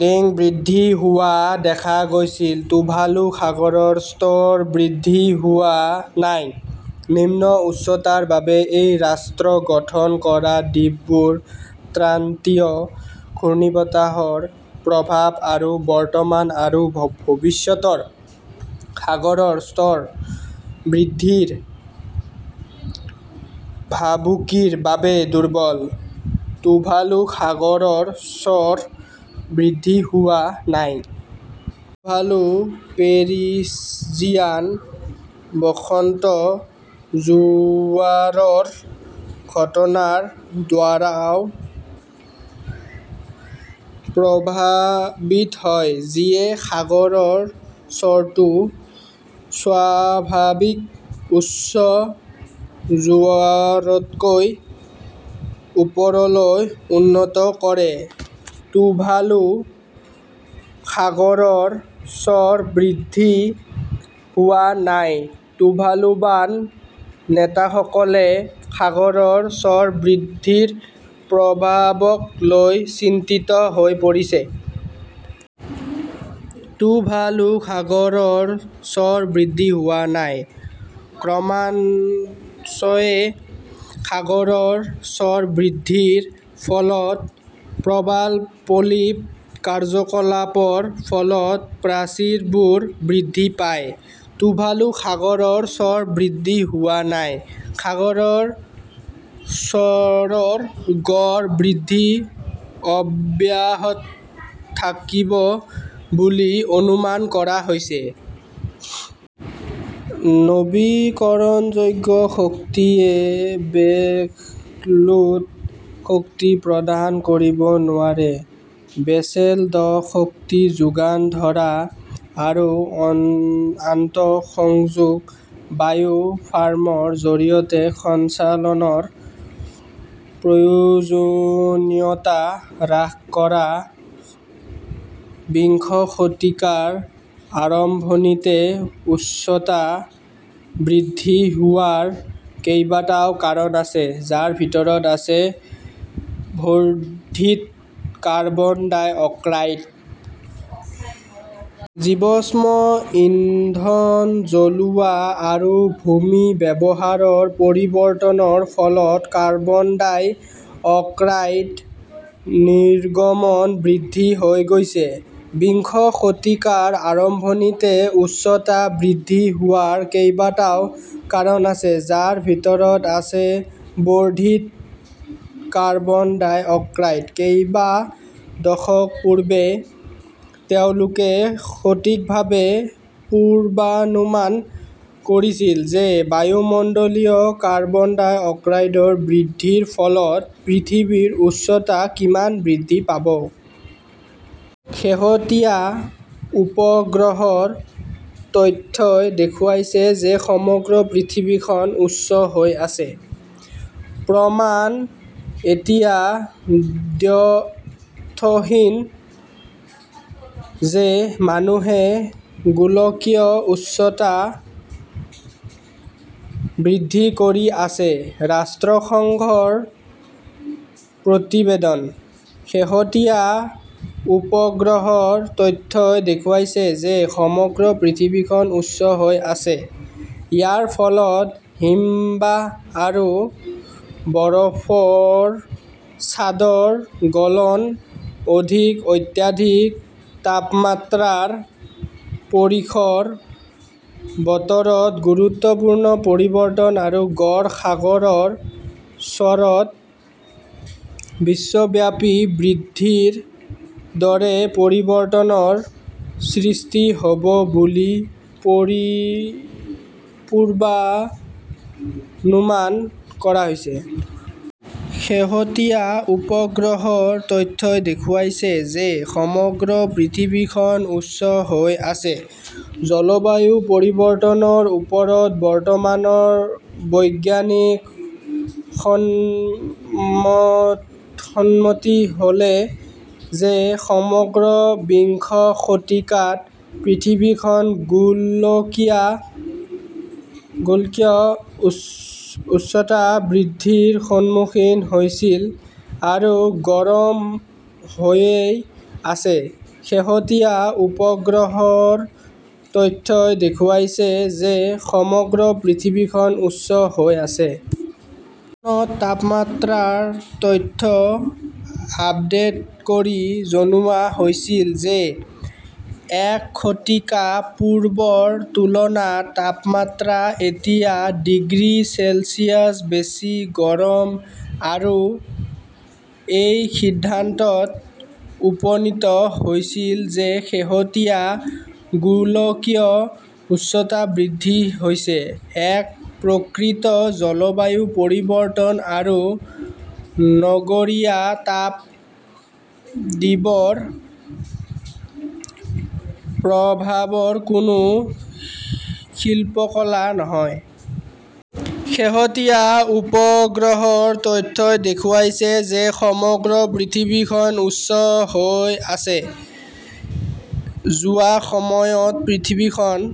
D. বৃদ্ধি হোৱা দেখা গৈছিল। টুভালু সাগৰৰ স্তৰ বৃদ্ধি হোৱা নাই। নিম্ন উচ্চতাৰ বাবে, এই ৰাষ্ট্ৰ গঠন কৰা দ্বীপবোৰ ক্ৰান্তীয় ঘূৰ্ণীবতাহৰ প্ৰভাৱ আৰু বৰ্তমান আৰু ভৱিষ্যতৰ সাগৰৰ স্তৰ বৃদ্ধিৰ ভাবুকিৰ বাবে দুৰ্বল। টুভালু সাগৰৰ স্তৰ বৃদ্ধি হোৱা নাই। টুভালু পেৰিজিয়ান বসন্ত জোৱাৰৰ ঘটনাৰ দ্বাৰাও প্ৰভাৱিত হয় যিয়ে সাগৰৰ স্তৰটো স্বাভাৱিক উচ্চ জোৱাৰতকৈ ওপৰলৈ উন্নীত কৰে। টুভালু সাগৰৰ স্তৰ বৃদ্ধি হোৱা নাই। টুভালুৱান নেতাসকলে সাগৰৰ স্তৰ বৃদ্ধিৰ প্ৰভাৱক লৈ চিন্তিত হৈ পৰিছে। টুভালু সাগৰৰ স্তৰ বৃদ্ধি হোৱা নাই। ক্ৰমান্বয়ে সাগৰৰ স্তৰ বৃদ্ধিৰ ফলত প্ৰবাল পলিপ কাৰ্যকলাপৰ ফলত প্ৰাচীৰবোৰ বৃদ্ধি পায়। টুভালু সাগৰৰ স্তৰ বৃদ্ধি হোৱা নাই। সাগৰৰ স্তৰৰ গড় বৃদ্ধি অব্যাহত থাকিব বুলি অনুমান কৰা হৈছে। নৱীকৰণযোগ্য শক্তিয়ে বেসলোড শক্তি প্ৰদান কৰিব নোৱাৰে। "বেচেল 'ড শক্তি যোগান ধৰা আৰু আন্তঃসংযোগ বায়ু ফাৰ্মৰ জৰিয়তে সঞ্চালনৰ প্ৰয়োজনীয়তা হ্ৰাস কৰা। "। বিংশ শতিকাৰ আৰম্ভণিতে উষ্ণতা বৃদ্ধি হোৱাৰ কেইবাটাও কাৰণ আছে, যাৰ ভিতৰত আছে বৰ্ধিত কাৰ্বন ডাই অক্সাইড। জীৱাশ্ম ইন্ধন জ্বলোৱা আৰু ভূমি ব্যৱহাৰৰ পৰিৱৰ্তনৰ ফলত কাৰ্বন ডাই অক্সাইড নিৰ্গমন বৃদ্ধি হৈ আছে। বিংশ শতিকাৰ আৰম্ভণিতে উষ্ণতা বৃদ্ধি হোৱাৰ কেইবাটাও কাৰণ আছে, যাৰ ভিতৰত আছে বৰ্ধিত কাৰ্বন ডাই অক্সাইড। কেইবা দশক পূৰ্বে তেওঁলোকে সঠিকভাৱে পূৰ্বানুমান কৰিছিল যে বায়ুমণ্ডলীয় কাৰ্বন ডাই অক্সাইডৰ বৃদ্ধিৰ ফলত পৃথিৱীৰ উষ্ণতা কিমান বৃদ্ধি পাব। শেহতীয়া উপগ্ৰহৰ তথ্যই দেখুৱাইছে যে সমগ্ৰ পৃথিৱীখন উষ্ণ হৈ আছে। "প্ৰমাণ এতিয়া 'দ্ব্যৰ্থহীন' যে মানুহে গোলকীয় উষ্ণতা বৃদ্ধি কৰি আছে-ৰাষ্ট্ৰসংঘৰ প্ৰতিবেদন। " শেহতীয়া উপগ্ৰহৰ তথ্যই দেখুৱাইছে যে সমগ্ৰ পৃথিৱীখন উষ্ণ হৈ আছে। ইয়াৰ ফলত হিমবাহ আৰু বৰফৰ চাদৰ গলন, অধিক অত্যাধিক তাপমাত্ৰাৰ পৰিসৰ, বতৰত গুৰুত্বপূৰ্ণ পৰিৱৰ্তন আৰু গড় সাগৰৰ স্তৰত বিশ্বব্যাপী বৃদ্ধিৰ দৰে পৰিৱৰ্তনৰ সৃষ্টি হ 'ব বুলি পূৰ্বানুমান কৰা হৈছে। শেহতীয়া উপগ্ৰহৰ তথ্যই দেখুৱাইছে যে সমগ্ৰ পৃথিৱীখন উষ্ণ হৈ আছে। জলবায়ু পৰিৱৰ্তনৰ ওপৰত বৰ্তমানৰ বৈজ্ঞানিক সন্মতি হ 'ল যে সমগ্ৰ বিংশ শতিকাত পৃথিৱীখন গোলকীয় উষ্ণতা বৃদ্ধিৰ সন্মুখীন হৈছিল আৰু গৰম হৈয়েই আছে। শেহতীয়া উপগ্ৰহৰ তথ্যই দেখুৱাইছে যে সমগ্ৰ পৃথিৱীখন উষ্ণ হৈ আছে। চনত তাপমাত্ৰাৰ তথ্য আপডেট কৰি জনোৱা হৈছিল যে এক শতিকা পূৰ্বৰ তুলনাত তাপমাত্ৰা এতিয়া ডিগ্ৰী চেলছিয়াছ বেছি গৰম, আৰু এই সিদ্ধান্তত উপনীত হৈছিল যে শেহতীয়া গোলকীয় উষ্ণতা বৃদ্ধি হৈছে এক প্ৰকৃত জলবায়ু পৰিৱৰ্তন আৰু নগৰীয়া তাপ দ্বীপৰ প্ৰভাৱৰ কোনো শিল্পকলা নহয়। শেহতীয়া উপগ্ৰহৰ তথ্যই দেখুৱাইছে যে সমগ্ৰ পৃথিৱীখন উষ্ণ হৈ আছে। যোৱা সময়ত পৃথিৱীখন